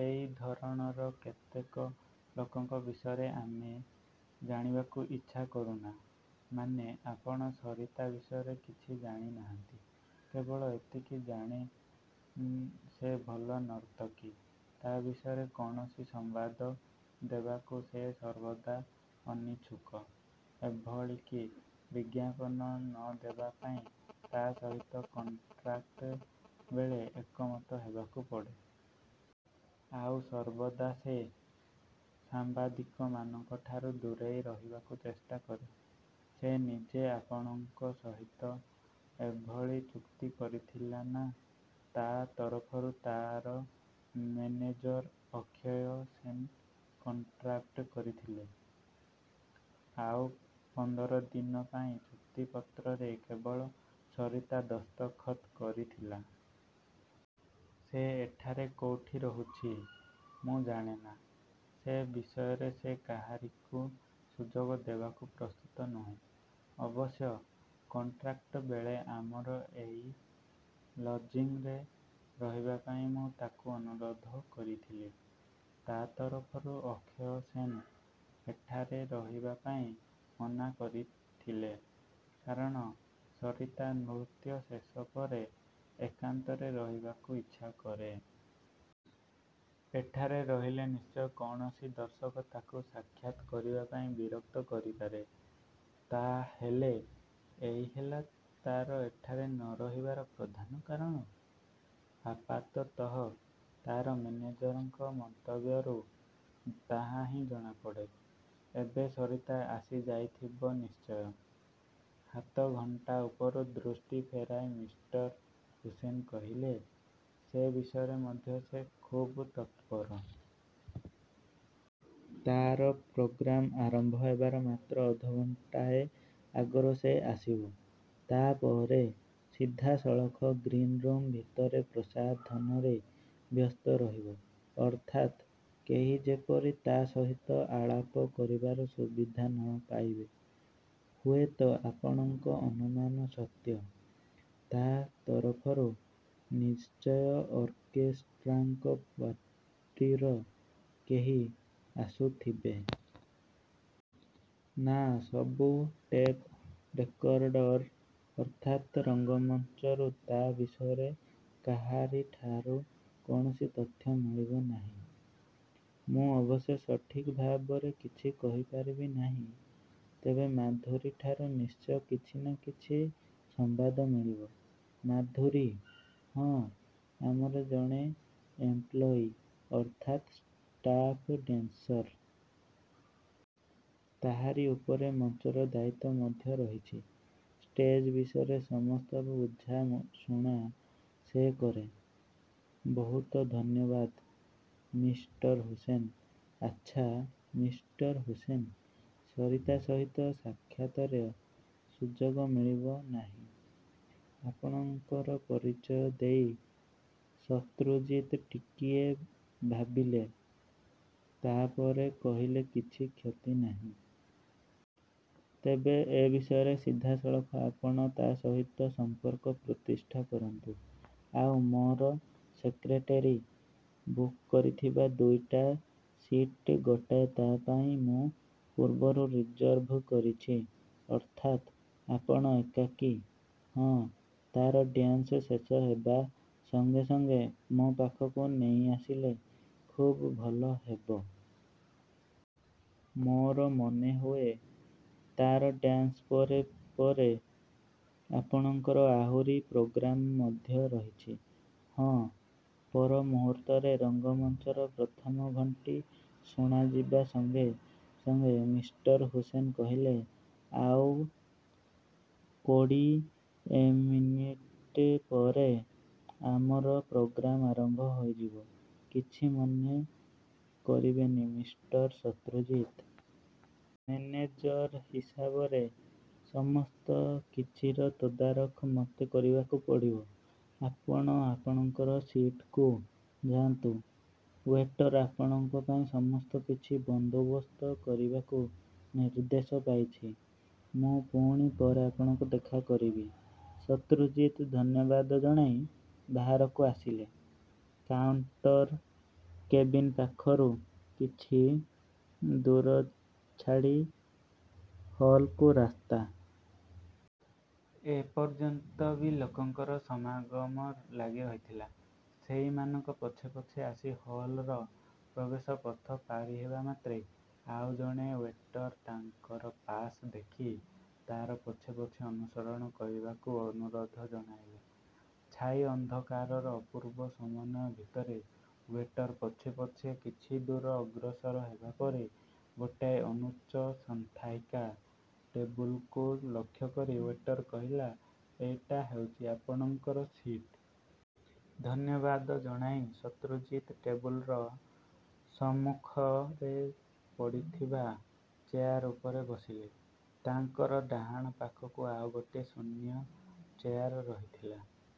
ଏଇ ଧରଣର କେତେକ ଲୋକଙ୍କ ବିଷୟରେ ଆମେ ଜାଣିବାକୁ ଇଚ୍ଛା କରୁନା। ମାନେ, ଆପଣ ସରିତା ବିଷୟରେ କିଛି ଜାଣିନାହାନ୍ତି? କେବଳ ଏତିକି ଜାଣେ, ସେ ଭଲ ନର୍ତ୍ତକୀ। ତା' ବିଷୟରେ କୌଣସି ସମ୍ୱାଦ ଦେବାକୁ ସେ ସର୍ବଦା ଅନିଚ୍ଛୁକ। ଏଭଳିକି ବିଜ୍ଞାପନ ନ ଦେବା ପାଇଁ ତା' ସହିତ କଣ୍ଟ୍ରାକ୍ଟ୍ ବେଳେ ଏକମତ ହେବାକୁ ପଡ଼େ। ଆଉ ସର୍ବଦା ସେ ସାମ୍ବାଦିକମାନଙ୍କଠାରୁ ଦୂରେଇ ରହିବାକୁ ଚେଷ୍ଟା କରେ। ସେ ନିଜେ ଆପଣଙ୍କ ସହିତ ଏଭଳି ଚୁକ୍ତି କରିଥିଲା ନା, ତା' ତରଫରୁ ତା'ର ମେନେଜର ଅକ୍ଷୟ ସେନ୍ କଣ୍ଟ୍ରାକ୍ଟ କରିଥିଲେ। ଆଉ ପନ୍ଦର ଦିନ ପାଇଁ ଚୁକ୍ତିପତ୍ରରେ କେବଳ ସରିତା ଦସ୍ତଖତ୍ କରିଥିଲା। ସେ ଏଠାରେ କୋଉଠି ରହୁଛି? ମୁଁ ଜାଣେନା। ସେ ବିଷୟରେ ସେ କାହାରିକୁ ସୁଯୋଗ ଦେବାକୁ ପ୍ରସ୍ତୁତ ନୁହେଁ। ଅବଶ୍ୟ କଣ୍ଟ୍ରାକ୍ଟ ବେଳେ ଆମର ଏଇ ଲଜିଂରେ ରହିବାପାଇଁ ମୁଁ ତାକୁ ଅନୁରୋଧ କରିଥିଲି। ତା ତରଫରୁ ଅକ୍ଷୟ ସେନ୍ ଏଠାରେ ରହିବାପାଇଁ ମନା କରିଥିଲେ, କାରଣ ସରିତା ନୃତ୍ୟ ଶେଷ ପରେ ଏକାନ୍ତରେ ରହିବାକୁ ଇଚ୍ଛା କରେ। ଏଠାରେ ରହିଲେ ନିଶ୍ଚୟ କୌଣସି ଦର୍ଶକ ତାକୁ ସାକ୍ଷାତ୍ କରିବାପାଇଁ ବିରକ୍ତ କରିପାରେ। ତା'ହେଲେ ଏଇ ହେଲା ତା'ର ଏଠାରେ ନ ରହିବାର ପ୍ରଧାନ କାରଣ? ଆପାତତଃ ତା'ର ମେନେଜରଙ୍କ ମନ୍ତବ୍ୟରୁ ତାହା ହିଁ ଜଣାପଡ଼େ। ଏବେ ସରିତା ଆସିଯାଇଥିବ ନିଶ୍ଚୟ? ହାତଘଣ୍ଟା ଉପରୁ ଦୃଷ୍ଟି ଫେରାଇ ମିଷ୍ଟର ହୁସେନ କହିଲେ, ସେ ବିଷୟରେ ମଧ୍ୟ ସେ ଖୁବ୍ ତତ୍ପର। ତା'ର ପ୍ରୋଗ୍ରାମ ଆରମ୍ଭ ହେବାର ମାତ୍ର ଅଧଘଣ୍ଟାଏ ଆଗରୁ ସେ ଆସିବ। ତା'ପରେ ସିଧାସଳଖ ଗ୍ରୀନରୁମ ଭିତରେ ପ୍ରସାଧନରେ ବ୍ୟସ୍ତ ରହିବ। ଅର୍ଥାତ୍ କେହି ଯେପରି ତା' ସହିତ ଆଳାପ କରିବାର ସୁବିଧା ନ ପାଇବେ। ହୁଏତ ଆପଣଙ୍କ ଅନୁମାନ ସତ୍ୟ। ତା' ତରଫରୁ ନିଶ୍ଚୟ ଅର୍କେଷ୍ଟ୍ରାଙ୍କ ପାର୍ଟିର କେହି ଆସୁଥିବେ? ନା, ସବୁ ଟେପ୍ ରେକର୍ଡର। ଅର୍ଥାତ୍ ରଙ୍ଗମଞ୍ଚରୁ ତା' ବିଷୟରେ କାହାରିଠାରୁ କୌଣସି ତଥ୍ୟ ମିଳିବ ନାହିଁ? ମୁଁ ଅବଶ୍ୟ ସଠିକ୍ ଭାବରେ କିଛି କହିପାରିବି ନାହିଁ। ତେବେ ମାଧୁରୀଠାରୁ ନିଶ୍ଚୟ କିଛି ନା କିଛି ସମ୍ୱାଦ ମିଳିବ। ମାଧୁରୀ? ହଁ, ଆମର ଜଣେ ଏମ୍ପ୍ଳୟୀ, ଅର୍ଥାତ୍ ଷ୍ଟାପ୍ ଡ୍ୟାନ୍ସର। ତାହାରି ଉପରେ ମଞ୍ଚର ଦାୟିତ୍ୱ ମଧ୍ୟ ରହିଛି। ଷ୍ଟେଜ୍ ବିଷୟରେ ସମସ୍ତ ବୁଝାଶୁଣା ସେ କରେ। ବହୁତ ଧନ୍ୟବାଦ, ମିଷ୍ଟର ହୁସେନ୍! ଆଚ୍ଛା, ମିଷ୍ଟର ହୁସେନ୍, ସରିତା ସହିତ ସାକ୍ଷାତର ସୁଯୋଗ ମିଳିବ ନାହିଁ? ଆପଣଙ୍କର ପରିଚୟ ଦେଇ ଶତ୍ରୁଜିତ୍ ଟିକିଏ ଭାବିଲେ। ତା'ପରେ କହିଲେ କିଛି କ୍ଷତି ନାହିଁ। ତେବେ ଏ ବିଷୟରେ ସିଧାସଳଖ ଆପଣ ତା' ସହିତ ସମ୍ପର୍କ ପ୍ରତିଷ୍ଠା କରନ୍ତୁ। ଆଉ ମୋର ସେକ୍ରେଟେରୀ ବୁକ୍ କରିଥିବା ଦୁଇଟା ସିଟ୍ ଗୋଟାଏ ତା' ପାଇଁ ମୁଁ ପୂର୍ବରୁ ରିଜର୍ଭ କରିଛି। ଅର୍ଥାତ୍ ଆପଣ ଏକାକୀ? ହଁ, ତା'ର ଡ୍ୟାନ୍ସ ଶେଷ ହେବା ସଙ୍ଗେ ସଙ୍ଗେ ମୋ ପାଖକୁ ନେଇଆସିଲେ ଖୁବ୍ ଭଲ ହେବ। ମୋର ମନେହୁଏ, ତା'ର ଡ୍ୟାନ୍ସ ପରେ ପରେ ଆପଣଙ୍କର ଆହୁରି ପ୍ରୋଗ୍ରାମ ମଧ୍ୟ ରହିଛି। ହଁ, ପର ମୁହୂର୍ତ୍ତରେ ରଙ୍ଗମଞ୍ଚର ପ୍ରଥମ ଘଣ୍ଟି ଶୁଣାଯିବା ସଙ୍ଗେ ସଙ୍ଗେ ମିଷ୍ଟର ହୁସେନ୍ କହିଲେ, ଆଉ କୋଡୀ ଏମିନିଟ୍ ପରେ ଆମର ପ୍ରୋଗ୍ରାମ ଆରମ୍ଭ ହୋଇଯିବ। କିଛି ମନେ କରିବେନି ମିଷ୍ଟର ଶତ୍ରୁଜିତ୍! ମେନେଜର ହିସାବରେ ସମସ୍ତ କିଛିର ତଦାରଖ ମୋତେ କରିବାକୁ ପଡ଼ିବ। ଆପଣ ଆପଣଙ୍କର ସିଟ୍କୁ ଯାଆନ୍ତୁ। ୱେଟର୍ ଆପଣଙ୍କ ପାଇଁ ସମସ୍ତ କିଛି ବନ୍ଦୋବସ୍ତ କରିବାକୁ ନିର୍ଦ୍ଦେଶ ପାଇଛି। ମୁଁ ପୁଣି ପରେ ଆପଣଙ୍କୁ ଦେଖା କରିବି। ଶତ୍ରୁଜିତ୍ ଧନ୍ୟବାଦ ଜଣାଇ ବାହାରକୁ ଆସିଲେ। କାଉଣ୍ଟର କେବିନ ପାଖରୁ କିଛିଦୂର ଛାଡ଼ି ହଲ୍କୁ ରାସ୍ତା। ଏ ପର୍ଯ୍ୟନ୍ତ ବି ଲୋକଙ୍କର ସମାଗମ ଲାଗିରହିଥିଲା। ସେଇମାନଙ୍କ ପଛେ ପଛେ ଆସି ହଲ୍ଋ ପ୍ରବେଶପଥ ପାରି ହେବା ମାତ୍ରେ ଆଉ ଜଣେ ୱେଟର ତାଙ୍କର ପାସ୍ ଦେଖି ତା'ର ପଛେ ପଛେ ଅନୁସରଣ କରିବାକୁ ଅନୁରୋଧ ଜଣାଇଲା। ଛାଇ ଅନ୍ଧକାରର ଅପୂର୍ବ ସମନ୍ୱୟ ଭିତରେ ୱେଟର ପଛେ ପଛେ କିଛିଦୂର ଅଗ୍ରସର ହେବା ପରେ, ଗୋଟାଏ ଅନୁଚ୍ଚ ସନ୍ମାଇକା ଟେବୁଲକୁ ଲକ୍ଷ୍ୟ କରି ୱେଟର କହିଲା ଏଇଟା ହେଉଛି ଆପଣଙ୍କର ସିଟ୍। ଧନ୍ୟବାଦ ଜଣାଇ ଶତ୍ରୁଜିତ୍ ଟେବୁଲର ସମ୍ମୁଖରେ ପଡ଼ିଥିବା ଚେୟାର ଉପରେ ବସିଲେ। ତାଙ୍କର ଡାହାଣ ପାଖକୁ ଆଉ ଗୋଟିଏ ଶୂନ୍ୟ ଚେୟାର ରହିଥିଲା।